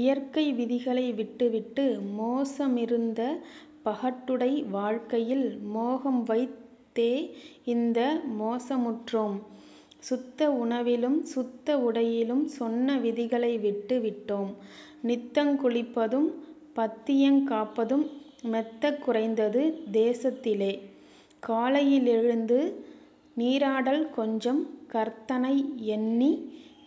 இயற்கை விதிகளை விட்டுவிட்டு மோச மிருந்த பகட்டுடை வாழ்க்கையில் மோகம்வைத் தேஇந்த மோசமுற்றோம்! சுத்த உணவிலும் சுத்த உடையிலும் சொன்ன விதிகளை விட்டு விட்டோம்; நித்தங் குளிப்பதும் பத்தியங் காப்பதும் மெத்தக் குறைந்தது தேசத்திலே. காலையி லெழுந்து நீராடல் கொஞ்சம் கர்த்தனை யெண்ணித்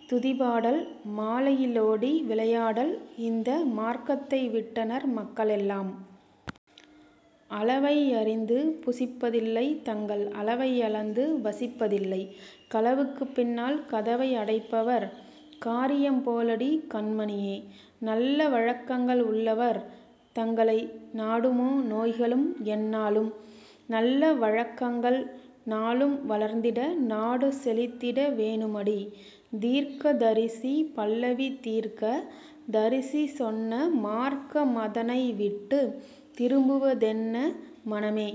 துதிபாடல் மாலையி லோடி விளையாடல் இந்த மார்க்கத்தை விட்டனர் மக்களெல்லாம். அளவை யறிந்து புசிப்பதில்லை தங்கள் அளவை யளந்து வசிப்பதில்லை களவுக்குப் பின்னால் கதவை அடைப்பவர் காரியம் போலடி கண்மணியே! நல்ல வழக்கங்கள் உள்ளவர் தங்களை நாடுமோ நோய்களும் எந்நாளும்? நல்ல வழக்கங்கள் நாளும் வளர்ந்திட நாடு செழித்திட வேணுமடி.. தீர்க்கதரிசி பல்லவி தீர்க்க தரிசிசொன்ன மார்க்க மதனைவிட்டுத் திரும்புவ தென்ன மனமே!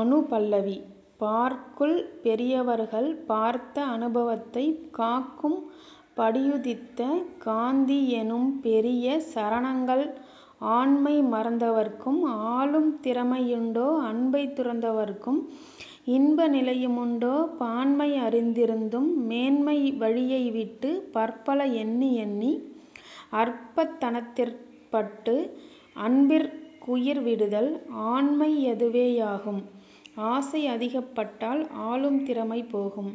அநுபல்லவி பார்க்குள் பெரியவர்கள் பார்த்த அனுபவத்தைக் காக்கும் படியுதித்த காந்தி யெனும்பெரிய சரணங்கள் ஆண்மை மறந்தவர்க்கும் ஆளும் திறமையுண்டோ? அன்பைத் துறந்தவர்க்கும் இன்ப நிலையுமுண்டோ? பான்மை அறிந்திருந்தும் மேன்மை வழியைவிட்டுப் பற்பல எண்ணிஎண்ணி அற்பத் தனத்திற்பட்டு அன்பிற் குயிர்விடுதல் ஆண்மை யதுவேயாகும்; ஆசை அதிகப்பட்டால் ஆளும் திறமைபோகும்;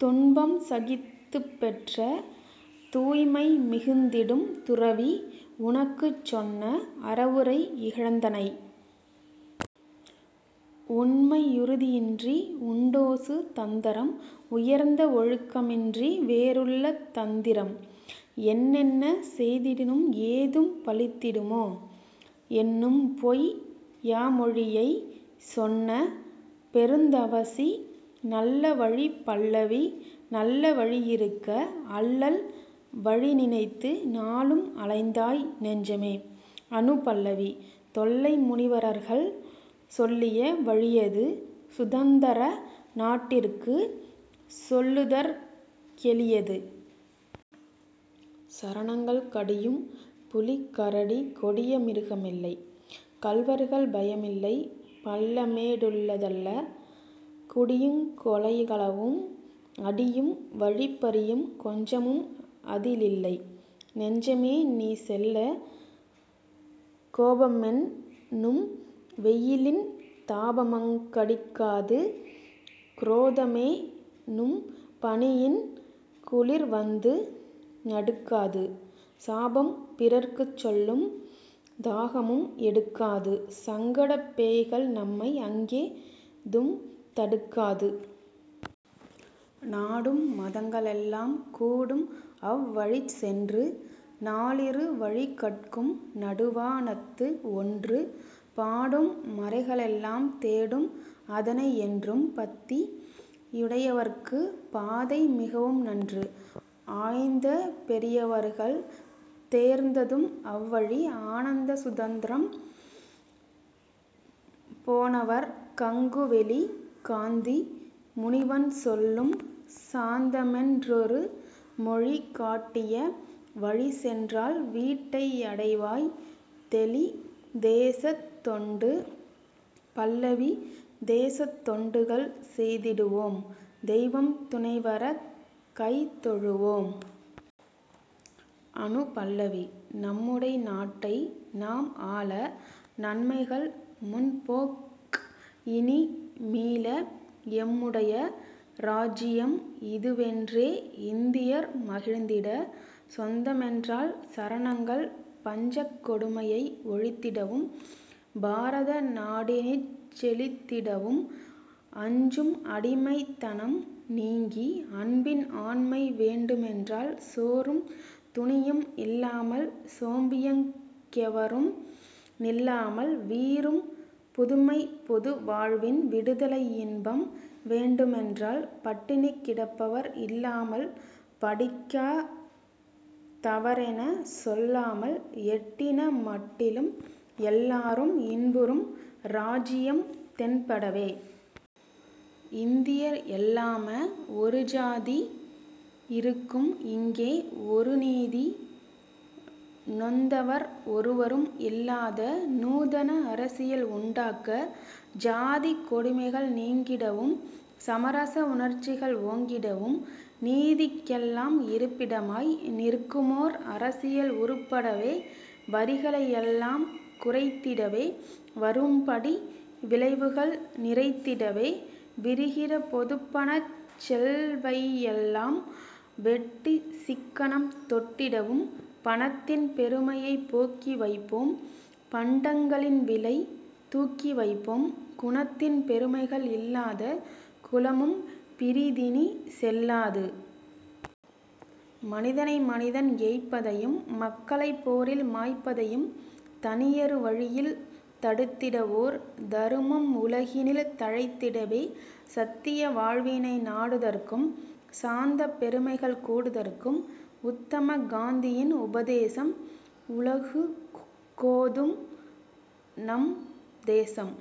துன்பம் சகித்துப்பெற்ற தூய்மை மிகுந்திடும் துறவி உனக்குச்சொன்ன அறவுரை இகழ்ந்தனை. உண்மை யுறுதியின்றி உண்டோசு தந்தரம்? உயர்ந்த ஒழுக்கமின்றி வேறுள்ள தந்திரம் என்னென்ன செய்திடினும் ஏதும் பலித்திடுமோ? என்னும்பொய் யாமொழியைச் சொன்ன பெருந்தவசி. நல்ல வழி பல்லவி நல்ல வழியிருக்க அல்லல் வழிநினைத்து நாளும் அலைந்தாய் நெஞ்சமே! அநுபல்லவி தொல்லை முனிவரர்கள் சொல்லிய வழியது சுதந்தர நாட்டிற்குச் சொல்லுதற் கெளியது. சரணங்கள் கடியும் புலிகரடி கொடிய மிருகமில்லை கள்வர்கள் பயமில்லை பள்ளம்மே டுள்ளதல்ல குடியுங் கொலைகளவும் அடியும் வழிப்பறியும் கொஞ்சமும் அதிலில்லை நெஞ்சமே நீசெல்ல. கோபமென் னும்வெயிலின் தாபமங் கடிக்காது குரோதமெ னும்பனியின் குளிர்வந்து நடுக்காது சாபம் பிறர்க்குச்சொல்லும் தாகமும் எடுக்காது சங்கடப் பேய்கள்நம்மை அங்கே தும் தடுக்காது. நாடும் மதங்களெல்லாம் கூடும்அவ் வழிசென்று நாலிரு வழிகட்கும் நடுவா னத்துவொன்று பாடும் மறைகளெல்லாம் தேடும் அதனையென்றும் பத்தி யுடையவர்க்குப் பாதை மிகவும்நன்று. ஆய்ந்த பெரியவர்கள் தேர்ந்ததும் அவ்வழி ஆனந்த சுதந்தரம் போனவர்க் கங்குவெளி காந்தி முனிவன்சொல்லும் சாந்தமென் றொருமொழி காட்டிய வழிசென்றால் வீட்டை யடைவாய்தெளி.. தேசத் தொண்டு பல்லவி தேசத் தொண்டுகள் செய்திடுவோம் தெய்வம் துணைவரக் கைதொழுவோம். அநுபல்லவி நம்முடை நாட்டை நாம்ஆள நன்மைகள் முன்போக் இனிமீள எம்முடைய ராஜ்ஜியம் இதுவென்றே இந்தியர் மகிழ்ந்திடச் சொந்தமென்றால். சரணங்கள் பஞ்சக் கொடுமையை ஒழித்திடவும் பாரத நாடினிச் செழித்திடவும் அஞ்சும் அடிமைத் தனம்நீங்கி அன்பின் ஆண்மை வேண்டுமென்றால் சோறும் துணியும் இல்லாமல் சோம்பியங் கெவரும் நில்லாமல் வீறும் புதுமைப் பொதுவாழ்வின் விடுதலை யின்பம் வேண்டுமென்றால் பட்டினி கிடப்பவர் இல்லாமல் படிக்கா தவரெனச் சொல்லாமல் எட்டின மட்டிலும் எல்லாரும் இன்புறும் ராஜ்ஜியம் தென்படவே. இந்தியர் எல்லாம ஒருஜாதி யாருக்கும் இங்கே ஒருநீதி நொந்தவர் ஒருவரும் இல்லாத நூதன அரசியல் உண்டாக்க ஜாதிக் கொடுமைகள் நீங்கிடவும் சமரச உணர்ச்சிகள் ஓங்கிடவும் நீதிக் கெல்லாம் இருப்பிடமாய் நிற்குமோர் அரசியல் உருப்படவே வரிகளை யெல்லாம் குறைத்திடவே வரும்படி விளைவுகள் நிறைத்திடவே விரிகிற பொதுப்பணச் செல்வையெல்லாம் வெட்டிச் சிக்கனம் தொட்டிடவும் பணத்தின் பெருமையைப் போக்கிவைப்போம் பண்டங் களின்விலை தூக்கிவைப்போம் குணத்தின் பெருமைகள் இல்லாத குலமும் பிறிதினிச் செல்லாது. மனிதனை மனிதன் ஏய்ப்பதையும் மக்களைப் போரில் மாய்ப்பதையும் தனியரு வழியில் தடுத்திடஓர் தருமம் உலகினில் தழைத்திடவே. சத்திய வாழ்வினை நாடுதற்கும் சாந்தப் பெருமைகள் கூடுதற்கும் உத்தமக் காந்தியின் உபதேசம் உலகுக் கோதும் நம்தேசம்.